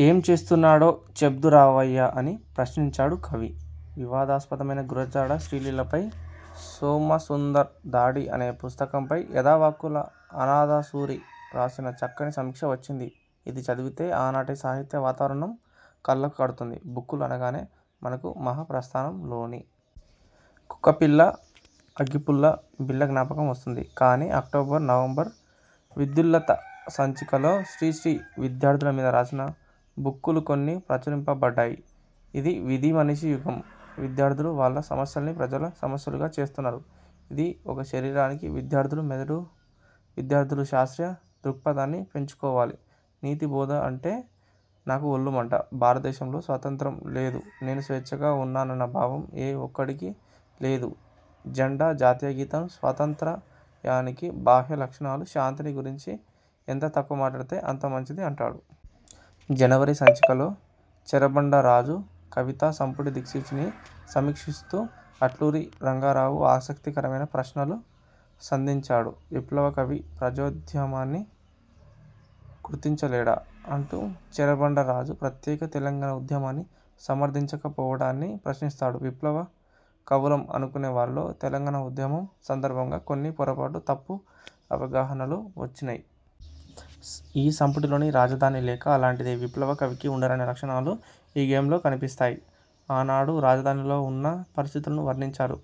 యేం చేస్తున్నాడో చెబ్దూ రావయ్యా అని ప్రశ్నించాడు కవి. వివాదాస్పదమైన గురజాడ శ్రీశ్రీలపై సోమసుందర్ దాడి అనే పుస్తకం పై యధావాక్కుల అనాధసూరి రాసిన చక్కని సమీక్ష వచ్చింది. ఇది చదివితే ఆనాటి సాహిత్య వాతావరణం కళ్లకు కడుతుంది. ఋక్కులు అనగానే మనకు మహాప్రస్థానం లోని కుక్కపిల్లా అగ్గిపుల్లా బిళ్ళ జ్ఞాపకం వస్తుంది కాని అక్టోబరు నవంబర్ విద్యుల్లత సంచికలో శ్రీశ్రీ విద్యార్థుల మీద రాసిన ఋక్కులు కొన్ని ప్రచురింపబడ్డాయి ఇది వీధి మనిషి యుగం విద్యార్థులు వాళ్ల సమస్యల్ని ప్రజల సమస్యలుగా చేస్తున్నారు ఇది ఒక శరీరానికి విద్యార్థులు మెదడు విద్యార్థులు శాస్త్రీయ దృక్పథాన్ని పెంచుకోవాలి నీతి బోధ అంటే నాకు ఒళ్లు మంట భారతదేశంలో స్వాతంత్య్రం లేదు నేను స్వేచ్చ గా ఉన్నానన్న భావం ఏ ఒక్కడికీ లేదు జెండా, జాతీయ గీతం స్వాతంత్ర త్రయానికి బాహ్య లక్షణాలు శాంతిని గురించి ఎంత తక్కువ మాట్లాడితే అంత మంచిది అంటాడు. ఇక జనవరి సంచికలో చెరబండ రాజు కవితా సంపుటి దిక్సూచి ని సమీక్షిస్తూ అట్లూరి రంగారావు ఆసక్తి కరమైన ప్రశ్నలు సంధించాడు. విప్లవ కవి ప్రజోద్యమాన్ని గుర్తించలేడా? అంటూ చెరబండ రాజు ప్రత్యేక తెలంగాణ ఉద్యమాన్ని సమర్థించకపోవటాన్ని ప్రశ్నిస్తాడు. విప్లవ కవులం అనుకునే వారిలో తెలంగాణ ఉద్యమం సందర్భంగా కొన్ని పొరపాట్లు తప్పు అవగాహనలూ వచ్చినయ్. ఈ సంపుటిలోని రాజధాని లేఖ అలాంటిదే. విప్లవ కవికి ఉండరాని లక్షణాలు ఈ గేయంలో కనిపిస్తయ్. ఆనాడు రాజధాని లో ఉన్న పరిస్థితులను వర్ణించారు.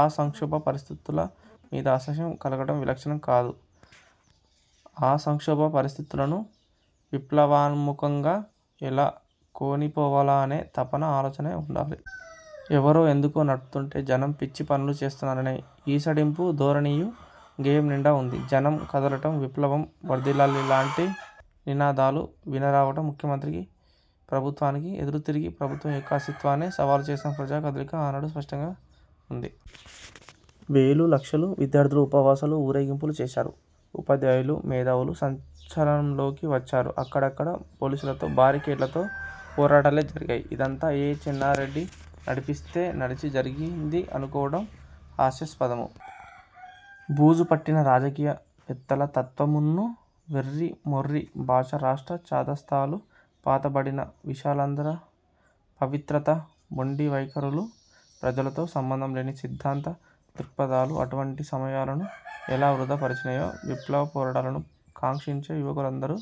ఆ సంక్షోభ పరిస్థితుల మీద అసహ్యం కలగటం విలక్షణం కాదు. ఆ సంక్షోభ పరిస్థితులను విప్లవన్ముఖంగా ఎలా కొనిపోవాలా అనే తపన, ఆలోచనే ఉండాలి. ఎవరో ఎందుకో నడుపుతుంటే జనం పిచ్చి పనులు చేస్తున్నారనే ఈసడింపు ధోరణియూ గేయం నిండా వుంది. జనం కదలటం, విప్లవం వర్థిల్లాలి లాంటి నినాదాలు విన రావటం ముఖ్యమంత్రికీ ప్రభుత్వానికీ ఎదురు తిరిగి ప్రభుత్వం యొక్క అస్తిత్వాన్నే సవాలు చేసిన ప్రజా కదలిక ఆనాడు స్పష్టంగా ఉంది. వేలు, లక్షల విద్యార్థులు ఉపవాసాలు, ఊరే గింపులు చేశారు. ఉపాధ్యాయులు, మేధావులు సంచలనంలోకి వచ్చారు. అక్కడక్కడ పోలీసులతో, బారి కేడ్లతో పోరాటాలే జరిగాయి ఇదంతా ఏ చెన్నారెడ్డ నడిపిస్తే నడిచి జరిగింది అనుకోవటం హాస్యాస్పదమూ, బూజు పట్టిన రాజకీయ వేత్తల తత్త్వ మున్నూ. వెర్రి మొర్రి భాషా రాష్ట్ర ఛాదస్తాలూ, పాతబడిన విశాలాంధ్ర పవిత్ర తా మొండి వైఖరులూ, ప్రజలతో సంబంధంలేని సిద్థాంత దృక్పథాలూ, అటువంటి సమయాలను ఎలా వృథా పరిచినయ్యో విప్లవ పోరాటాలను కాంక్షించే యువకులందరూ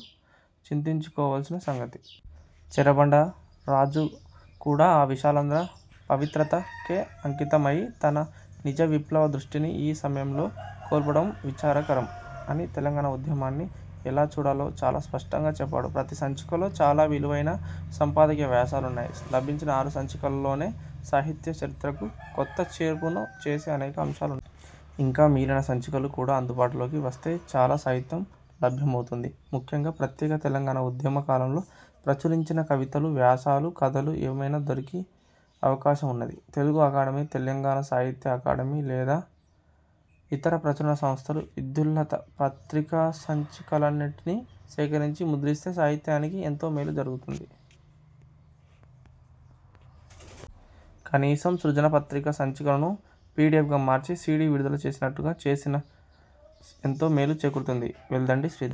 చింతించుకోవాల్సిన సంగతి. చెరబండ రాజు కూడా ఆ విశాలాంధ్ర పవిత్రత కే అంకితం అయి తన నిజ విప్లవ దృష్టిని ఈ సమయంలో కోల్పోవటం విచారకరం అని తెలంగాణ ఉద్యమాన్ని ఎలా చూడాలో చాలా స్పష్టంగా చెప్పాడు. ప్రతి సంచికలో చాలా విలువైన సంపాదకీయ వ్యాసాలున్నాయి. లభించిన ఆరు సంచికల్లోనే సాహిత్య చరిత్రకు కొత్త చేర్పును చేసే అనేక అంశాలున్నాయి. ఇంకా మిగిలిన సంచికలు కూడా అందుబాటు లోకి వస్తే చాల సాహిత్యం లభ్యమవుతుంది. ముఖ్యంగా ప్రత్యేక తెలంగాణ ఉద్యమ కాలంలో ప్రచురించిన కవితలు, వ్యాసాలు, కథలు ఏమైనా దొరికే అవకాశమున్నది. తెలుగు అకాడమీ, తెలంగాణ సాహిత్య అకాడమీ లేదా ఇతర ప్రచురణ సంస్థలు విద్యుల్లత పత్రిక సంచికలన్నింటినీ సేకరించి ముద్రిస్తే సాహిత్యానికి ఎంతో మేలు జరుగుతుంది. కనీసం సృజన పత్రిక సంచికలను పిడిఎఫ్గా మార్చి సీడీ విడుదల చేసినట్లుగా చేసినా ఎంతో మేలు చేకూరుతుంది. వెల్దండి శ్రీధర్